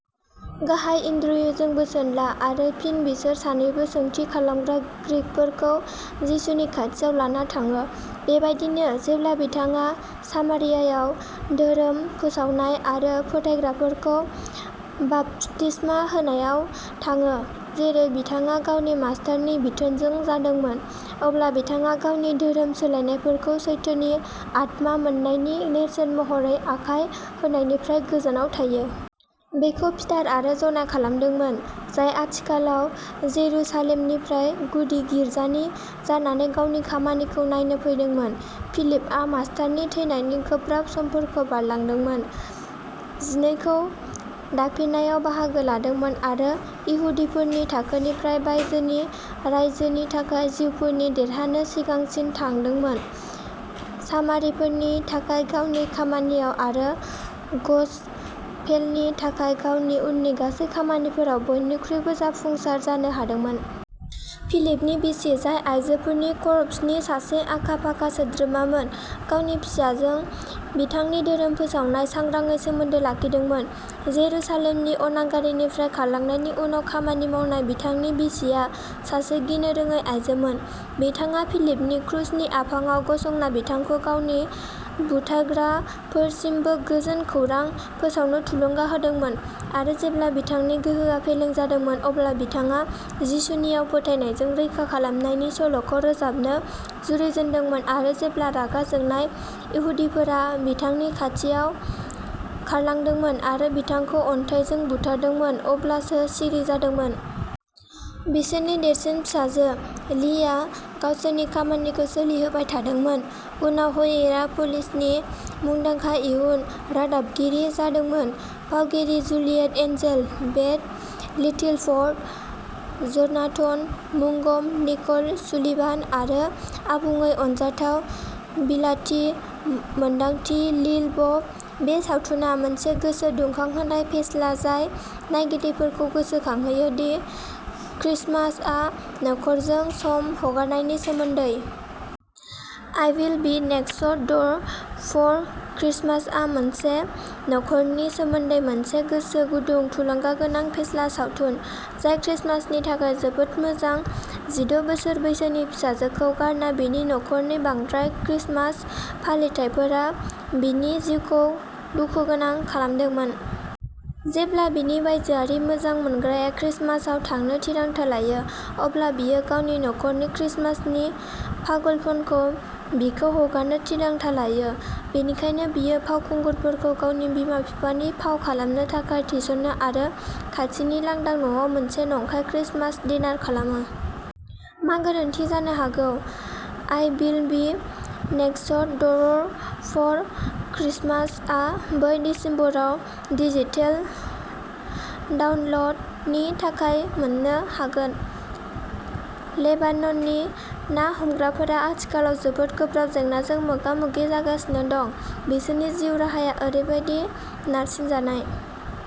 गाहाय एन्ड्र्युजों बोसोन ला आरो फिन बिसोर सानैबो सोंथि खालामग्रा ग्रीकफोरखौ जिसुनि खाथियाव लाना थाङो। बेबायदिनो, जेब्ला बिथाङा सामरियायावधोरोम फोसावनाय आरो फोथायग्राफोरखौ बाप्तिसमा होनायाव थाङो, जेरै बिथाङा गावनि मास्टारनि बिथोनजों जादोंमोन, अब्ला बिथाङा गावनि धोरोम सोलायनायफोरखौ सैथोनि आत्मा मोननायनि नेरसोन महरै आखाय होनायनिफ्राय गोजानाव थायो। बेखौ पिटार आरो ज'ना खालामदोंमोन, जाय आथिखालाव जेरुसालेमनिफ्राय गुदि गिरजानि जानानै गावनि खामानिखौ नायनो फैदोंमोन। फिलिपआ मास्टारनि थैनायनि गोब्राब समफोरखौ बारलांदोंमोन, जिनैखौ दाफिननायाव बाहागो लादोंमोन, आरो इहुदिफोरनि थाखोनिफ्राय बायजोनि रायजोनि थाखाय जिउफोरखौ देरहानो सिगांसिन थांदोंमोन, सामारिफोरनि थाखाय गावनि खामानियाव आरो गसपेलनि थाखाय गावनि उननि गासै खामानिफोराव बयनिख्रुइबो जाफुंसार जानो हादोंमोन। फिलिपनि बिसि, जाय आयजोफोरनि करप्सनि सासे आखा फाखा सोद्रोमामोन गावनि फिसाजों बिथांनि धोरोम फोसावनायाव सांग्राङै सोमोन्दो लाखिदोंमोन। जेरुसालेमनि अनागारिनिफ्राय खारलांनायनि उनाव खामानि मावनाय। बिथांनि बिसिआ सासे गिनो रोङै आइजोमोन। बिथाङा फिलिपनि क्रुसनि आफाङाव गसंना बिथांखौ गावनि बुथारग्राफोरसिमबो गोजोन खौरां फोसावनो थुलुंगा होदोंमोन, आरो जेब्ला बिथांनि गोहोआ फेलें जादोंमोन, अब्ला बिथाङा जिसुनिआव फोथायनायजों रैखा खालामनायनि सल'खौ रोजाबनो जुरिजेनदोंमोन आरो जेब्ला रागा जोंनाय इहुदिफोरा बिथांनि खाथियाव खारलांदोंमोन आरो बिथांखौ अन्थाइजों बुथारदोंमोन अब्लासो सिरि जादोंमोन। बिसोरनि देरसिन फिसाजो, लिया, गावसोरनि खामानिखौ सोलिहोबाय थादोंमोन, उनाव हायेरा प’लिसनि मुंदांखा इयुन रादाबगिरि जादोंमोन। फावगिरि Juliet Angel', Beth Littleford, Jonathan Mangum, Nicole Sullivan, आरो आबुङै अनजाथाव बिलाथि मोनदांथि लिल बब, बे सावथुना मोनसे गोसो दुंखांहोनाय फेस्ला जाय नायगिरिफोरखौ गोसोखांहोयो दि क्रिसमासआ नखरजों सम हगारनायनि सोमोन्दै। I will be next door for क्रिसमासआ मोनसे न'खरनि सोमोन्दै मोनसे गोसो गुदुं, थुलुंगागोनां फेस्ला सावथुन, जाय क्रिसमासनि थाखाय जोबोद मोजां। जिद’ बोसोर बैसोनि फिसाजोखौ गारना बिनि नखरनि बांद्राय क्रिसमास फालिथाइफोरा बिनि जिउखौ दुखुगोनां खालामदोंमोन। जेब्ला बिनि बायजोआरि मोजां मोनग्राया क्रिसमासआव थांनो थिरांथा लायो, अब्ला बियो गावनि नखरनि क्रिसमासनि पागलपनखौ बिखौ हगारनो थिरांथा लायो, बेनिखायनो बियो फावखुंगुरफोरखौ गावनि बिमा-बिफानि फाव खालामनो थाखाय थिसनो आरो खाथिनि लांदां न'आव मोनसे नंखाय क्रिसमास डिनार खालामो। मा गोरोन्थि जानो हागौ? I will be next door for क्रिसमासआ ब्रै दिसेम्बराव डिजिटेल डाउनल'डनि थाखाय मोननो हागोन। लेबानननि ना हमग्राफोरा आथिखालाव जोबोद गोब्राब जेंनाजों मोगा-मोगि जागासिनो दं। बिसोरनि जिउ राहाया ओरैबादि नारसिनजानाय।